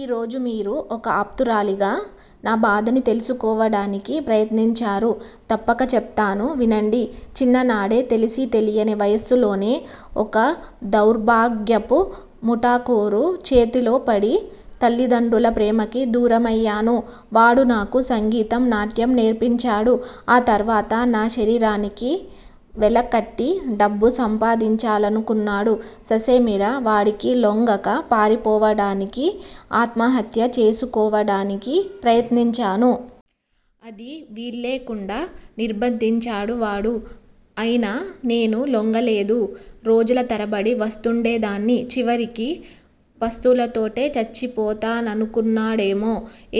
ఈ రోజు మీరు ఒక ఆప్తురాలిగా, నా బాధని తెలుసుకోవడానికి ప్రయత్నించారు. తప్పక చెప్తాను వినండి. చిన్ననాడే తెలిసీ తెలియని వయస్సులోనే ఒక దౌర్భాగ్యపు ముఠాకోరు చేతిలో పడి, తల్లిదండ్రుల ప్రేమకి దూరమయ్యాను. వాడు నాకు సంగీతం, నాట్యం నేర్పించాడు. ఆ తరువాత నా శరీరానికి వెలకట్టి డబ్బు సంపాదించాలనుకున్నాడు ససేమిరా వాడికి లొంగక పారిపోవడానికీ, ఆత్మహత్య చేసుకోవడానికీ ప్రయత్నించాను. అదీ వీల్లేకుండా నిర్భందించాడు వాడు. అయినా నేను లొంగలేదు. రోజుల తరబడి పస్తుండేదాన్ని చివరికి పస్తులతోటే చచ్చిపోతాననుకున్నాడేమో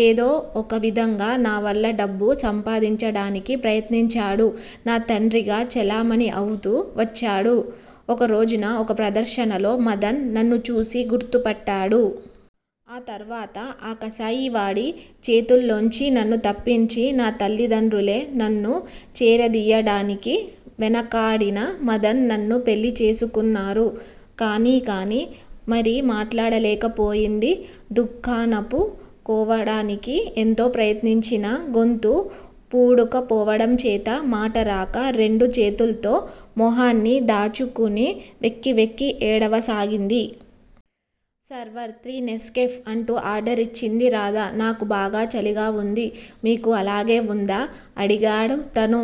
ఏదో ఒక విధంగా నావల్ల డబ్బు సంపాదించడానికి ప్రయత్నించాడు. నా తండ్రిగా చలామణి అవుతూ వచ్చాడు. ఒకరోజున ఒక ప్రదర్శనలో, మధన్ నన్ను చూసి గుర్తు పట్టాడు. ఆ తరువాత, ఆ కసాయివాడి చేతుల్లోంచి నన్ను తప్పించి, నా తల్లిదండ్రులే నన్ను చేరదియ్యడానికి వెనకాడినా, మధన్ నన్ను పెళ్ళి చేసుకున్నారు కానీ కానీ మరి మాట్లాడలేకపోయింది దుఃఖాన్నాపు కోవడానికి ఎంత ప్రయత్నించినా, గొంతు పూడుకుపోవడంచేత, మాటరాక, రెండు చేతుల్తో మొహాన్ని దాచుకుని వెక్కి వెక్కి ఏడవసాగింది. సర్వర్! Three Nescafe! అంటూ ఆర్డరిచ్చింది రాధ. నాకు బాగా చలిగా ఉంది. మీకూ అలాగే ఉందా? అడిగాడుతను.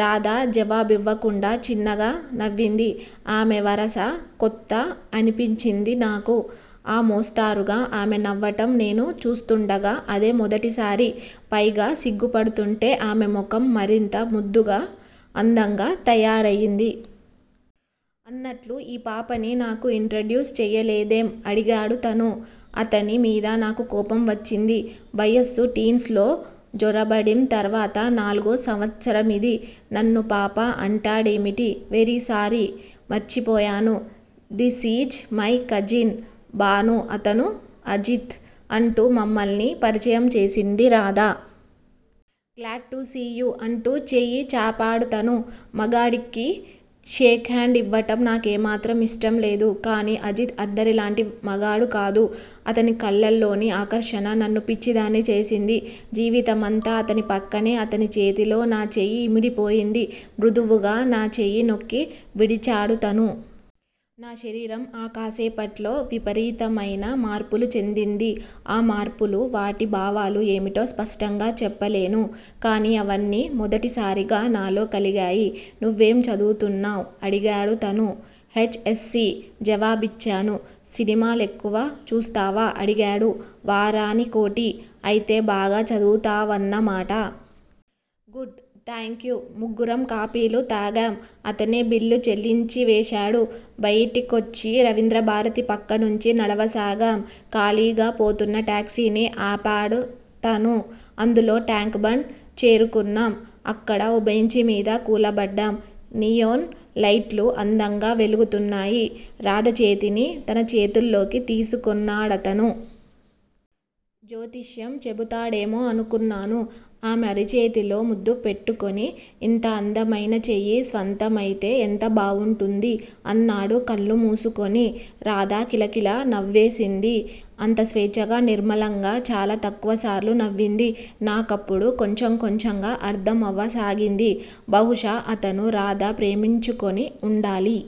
రాధ జవాబివ్వకుండా చిన్నగా నవ్వింది. ఆమె వరస కొత్త అనిపించింది నాకు. ఆ మోస్తారుగా ఆమె నవ్వటం నేను చూస్తూండగా అదే మొదటిసారి. పైగా సిగ్గుపడుతూంటే ఆమె ముఖం మరింత ముద్దుగా అందంగా తయారయింది. అన్నట్లు, ఈ పాపని నాకు ఇంట్రడ్యూస్ చెయ్యలేదేం? అడిగాడుతను. అతని మీద నాకు కోపం వచ్చింది. వయస్సు 'టీన్స్' లో జొరబడిం తర్వాత నాలుగో సంవత్సరమిది. నన్ను 'పాప' అంటాడేమిటి? Very sorry! మర్చిపోయాను. దిసీజ్ మై కజిన్, భాను అతను అజిత్! అంటూ మమ్మల్ని పరిచయం చేసింది రాధ. Glad to see you! అంటూ చేయి చాపాడుతను. మగాడికి షేక్ హాండ్ ఇవ్వటం నాకేమాత్రం ఇష్టం లేదు. కాని, అజిత్ అందరిలాంటి మగాడు కాదు. అతని కళ్ళలోని ఆకర్షణ నన్ను పిచ్చిదాన్ని చేసింది. జీవితమంతా అతని పక్కనే అతని చేతిలో నా చేయి ఇమిడిపోయింది. మృదువుగా నా చేయి నొక్కి విడిచాడుతను. నా శరీరం ఆ కాసేపట్లో, విపరీతమయిన మార్పులు చెందింది. ఆ మార్పులు, వాటి భావాలు ఏమిటో స్పష్టంగా చెప్పలేను. కాని, అవన్నీ మొదటిసారిగా నాలో కలిగాయి. నువ్వేం చదువుతున్నావ్? అడిగాడుతను. హెచ్. ఎస్. సి. జవాబిచ్చాను. సినిమా లెక్కువ చూస్తావా? అడిగాడు. వారాని కోటి! అయితే, బాగా చదువుతా వన్నమాట! గుడ్! థాంక్యూ! ముగ్గురం కాపీలు తాగాం. అతనే బిల్లు చెల్లించివేశాడు. బయటికొచ్చి రవీంద్రభారతి పక్క నుంచి నడవసాగాం. ఖాళీగా పోతున్న టాక్సీని ఆపాడుతను. అందులో టాంక్ బండ్ చేరుకున్నాం. అక్కడ ఓ బెంచీమీద కూలబడ్డాం. నియోన్ లైట్లు అందంగా వెలుగుతున్నాయి. రాధ చేతిని తన చేతుల్లోకి తీసుకొన్నాడతను. జ్యోతిష్యం చెబుతాడేమో అనుకున్నాను. ఆమె అరచేతిలో ముద్దు పెట్టుకొని, ఇంత అందమయిన చెయ్యి స్వంతమయితే ఎంత బావుంటుందీ! అన్నాడు కళ్ళు మూసుకొని. రాధ కిలకిల నవ్వేసింది. అంత స్వేచ్ఛంగా, నిర్మలంగా చాలా తక్కువసార్లు నవ్వింది. నాకు అప్పుడు కొంచెం కొంచెంగా అర్థమవ్సాగింది. బహుశా అతనూ, రాధా ప్రేమించుకొని ఉండాలి.